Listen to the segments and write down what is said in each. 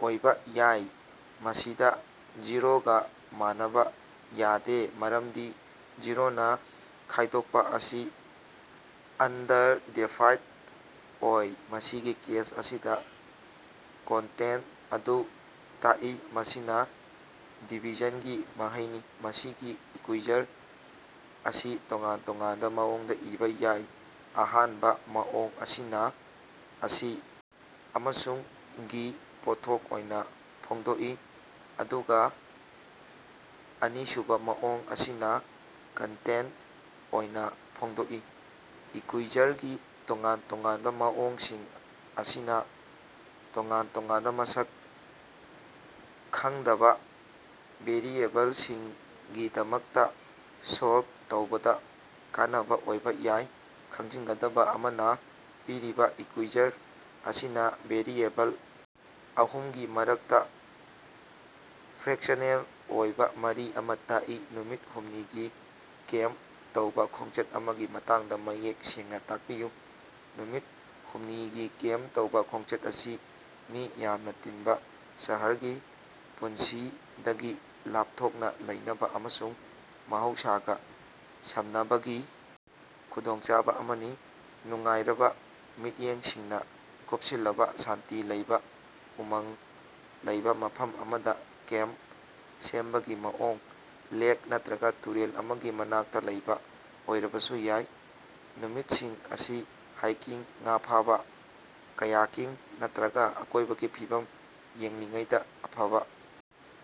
ꯑꯣꯏꯕ ꯌꯥꯏ, ꯃꯁꯤꯗ ꯖꯤꯔꯣꯒꯥ ꯃꯥꯟꯅꯕ ꯌꯥꯗꯦ, ꯃꯔꯝꯗꯤ ꯖꯤꯔꯣꯅ ꯈꯥꯢꯗꯣꯛꯄ ꯑꯁꯤ ꯑꯟꯗꯔꯗꯦꯐꯥꯏꯗ ꯑꯣꯏ꯫ ꯃꯁꯤꯒꯤ ꯀꯦꯁ ꯑꯁꯤꯗ ꯀꯣꯟꯇꯦꯟꯇ ꯑꯗꯨ ꯇꯥꯛꯏ, ꯃꯁꯤꯅ ꯗꯤꯚꯤꯖꯟꯒꯤ ꯃꯍꯩꯅꯤ꯫ ꯃꯁꯤꯒꯤ ꯏꯀ꯭ꯌꯨꯏꯖꯔ ꯑꯁꯤ ꯇꯣꯉꯥꯟ ꯇꯣꯉꯥꯟꯕ ꯃꯑꯣꯡꯗ ꯏꯕ ꯌꯥꯏ꯫ ꯑꯍꯥꯟꯕ ꯃꯑꯣꯡ ꯑꯁꯤꯅ ꯑꯁꯤ ꯑꯃꯁꯨꯡ ꯒꯤ ꯄꯣꯠꯊꯣꯛ ꯑꯣꯏꯅ ꯐꯣꯡꯗꯣꯛꯏ, ꯑꯗꯨꯒ ꯑꯅꯤꯁꯨꯕ ꯃꯑꯣꯡ ꯑꯁꯤꯅ ꯀꯣꯟꯇꯦꯟꯇ ꯑꯣꯏꯅ ꯐꯣꯡꯗꯣꯛꯏ꯫ ꯏꯀ꯭ꯌꯨꯏꯖꯔꯒꯤ ꯇꯣꯉꯥꯟ ꯇꯣꯉꯥꯟꯕ ꯃꯑꯣꯡꯁꯤꯡ ꯑꯁꯤꯅ ꯇꯣꯉꯥꯟ ꯇꯣꯉꯥꯟꯕ ꯃꯁꯛ ꯈꯪꯗꯕ ꯚꯦꯔꯤꯑꯦꯕꯜꯁꯤꯡꯒꯤꯗꯃꯛꯇ ꯁꯣꯜꯕ ꯇꯧꯕꯗ ꯀꯥꯟꯅꯕ ꯑꯣꯏꯕ ꯌꯥꯏ꯫ ꯈꯪꯖꯤꯟꯒꯗꯕ ꯑꯃꯅ ꯄꯤꯔꯤꯕ ꯏꯀ꯭ꯌꯨꯏꯖꯔ ꯑꯁꯤꯅ ꯚꯦꯔꯤꯑꯦꯕꯜ ꯑꯍꯨꯝꯒꯤ ꯃꯔꯛꯇ ꯐ꯭ꯔꯦꯛꯆꯅꯦꯜ ꯑꯣꯏꯕ ꯃꯔꯤ ꯑꯃ ꯇꯥꯛꯏ꯫ ꯅꯨꯃꯤꯠ ꯍꯨꯝꯅꯤꯒꯤ ꯀꯦꯝꯄ ꯇꯧꯕ ꯈꯣꯡꯆꯠ ꯑꯃꯒꯤ ꯃꯇꯥꯡꯗ ꯃꯌꯦꯛ ꯁꯦꯡꯅ ꯇꯥꯛꯄꯤꯌꯨ꯫ ꯅꯨꯃꯤꯠ ꯍꯨꯝꯅꯤꯒꯤ ꯀꯦꯝꯄ ꯇꯧꯕ ꯈꯣꯡꯆꯠ ꯑꯁꯤ ꯃꯤ ꯌꯥꯝꯅ ꯇꯤꯟꯕ ꯁꯍꯔꯒꯤ ꯄꯨꯟꯁꯤꯗꯒꯤ ꯂꯥꯞꯊꯣꯛꯅ ꯂꯩꯅꯕ ꯑꯃꯁꯨꯡ ꯃꯍꯧꯁꯥꯒ ꯁꯝꯅꯕꯒꯤ ꯈꯨꯗꯣꯡꯆꯥꯕ ꯑꯃꯅꯤ꯫ ꯅꯨꯡꯉꯥꯏꯔꯕ ꯃꯤꯠꯌꯦꯡꯁꯤꯡꯅ ꯀꯨꯞꯁꯤꯜꯂꯕ ꯁꯥꯟꯇꯤ ꯂꯩꯕ, ꯎꯃꯪ ꯂꯩꯕ ꯃꯐꯝ ꯑꯃꯗ ꯀꯦꯝꯄ ꯁꯦꯝꯕꯒꯤ ꯃꯑꯣꯡ, ꯂꯦꯛ ꯅꯠꯇ꯭ꯔꯒ ꯇꯨꯔꯦꯜ ꯑꯃꯒꯤ ꯃꯅꯥꯛꯇ ꯂꯩꯕ ꯑꯣꯏꯔꯕꯁꯨ ꯌꯥꯏ꯫ ꯅꯨꯃꯤꯠꯁꯤꯡ ꯑꯁꯤ ꯍꯥꯏꯀꯤꯡ, ꯉꯥ ꯐꯥꯕ, ꯀꯥꯌꯥꯀꯤꯡ ꯅꯠꯇ꯭ꯔꯒ ꯑꯀꯣꯏꯕꯒꯤ ꯐꯤꯕꯝ ꯌꯦꯡꯂꯤꯉꯩꯗ ꯑꯐꯕ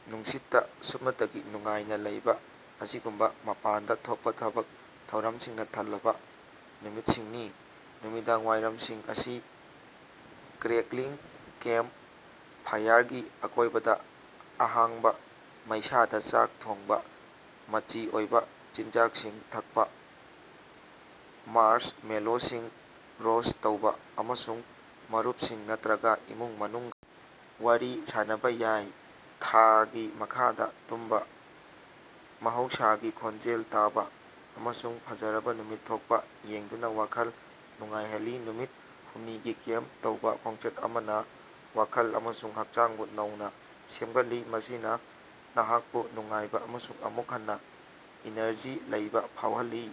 ꯅꯨꯡꯁꯤꯠꯇ ꯁꯨꯞꯅꯇꯒꯤ ꯅꯨꯡꯉꯥꯏꯅ ꯂꯩꯕ ꯑꯁꯤꯒꯨꯝꯕ ꯃꯄꯥꯟꯗ ꯊꯣꯛꯄ ꯊꯕꯛ ꯊꯧꯔꯝꯁꯤꯡꯅ ꯊꯜꯂꯕ ꯅꯨꯃꯤꯠꯁꯤꯡꯅꯤ꯫ ꯅꯨꯃꯤꯗꯥꯡꯋꯥꯏꯔꯝꯁꯤꯡ ꯑꯁꯤ ꯀ꯭ꯔꯦꯛꯂꯤꯡ ꯀꯦꯝꯄ ꯐꯥꯏꯌꯔꯒꯤ ꯑꯀꯣꯏꯕꯗ ꯑꯍꯥꯡꯕ ꯃꯩꯁꯥꯗ ꯆꯥꯛ ꯊꯣꯡꯕ ꯃꯆꯤ ꯑꯣꯏꯕ ꯆꯤꯟꯖꯥꯛꯁꯤꯡ ꯊꯛꯄ, ꯃꯥꯔꯁꯃꯦꯂꯣꯁꯤꯡ ꯔꯣꯁ꯭ꯠ ꯇꯧꯕ ꯑꯃꯁꯨꯡ ꯃꯔꯨꯞꯁꯤꯡ ꯅꯠꯇ꯭ꯔꯒ ꯏꯃꯨꯡ ꯃꯅꯨꯡꯒ ꯋꯥꯔꯤ ꯁꯥꯅꯕ ꯌꯥꯏ꯫ ꯊꯥꯒꯤ ꯃꯈꯥꯗ ꯇꯨꯝꯕ, ꯃꯍꯧꯁꯥꯒꯤ ꯈꯣꯟꯖꯦꯜ ꯇꯥꯕ, ꯑꯃꯁꯨꯡ ꯐꯖꯔꯕ ꯅꯨꯃꯤꯠ ꯊꯣꯛꯄ ꯌꯦꯡꯗꯨꯅ ꯋꯥꯈꯜ ꯅꯨꯉꯥꯏꯍꯜꯂꯤ꯫ ꯅꯨꯃꯤꯠ ꯍꯨꯝꯅꯤꯒꯤ ꯀꯦꯝꯄ ꯇꯧꯕ ꯈꯣꯡꯆꯠ ꯑꯃꯅ ꯋꯥꯈꯜ ꯑꯃꯁꯨꯡ ꯍꯛꯆꯥꯡꯕꯨ ꯅꯧꯅ ꯁꯦꯝꯒꯠꯂꯤ, ꯃꯁꯤꯅ ꯅꯍꯥꯛꯄꯨ ꯅꯨꯡꯉꯥꯏꯕ ꯑꯃꯁꯨꯡ ꯑꯃꯨꯛ ꯍꯟꯅ ꯏꯅꯔꯖꯤ ꯂꯩꯕ ꯐꯥꯎꯍꯜꯂꯤ꯫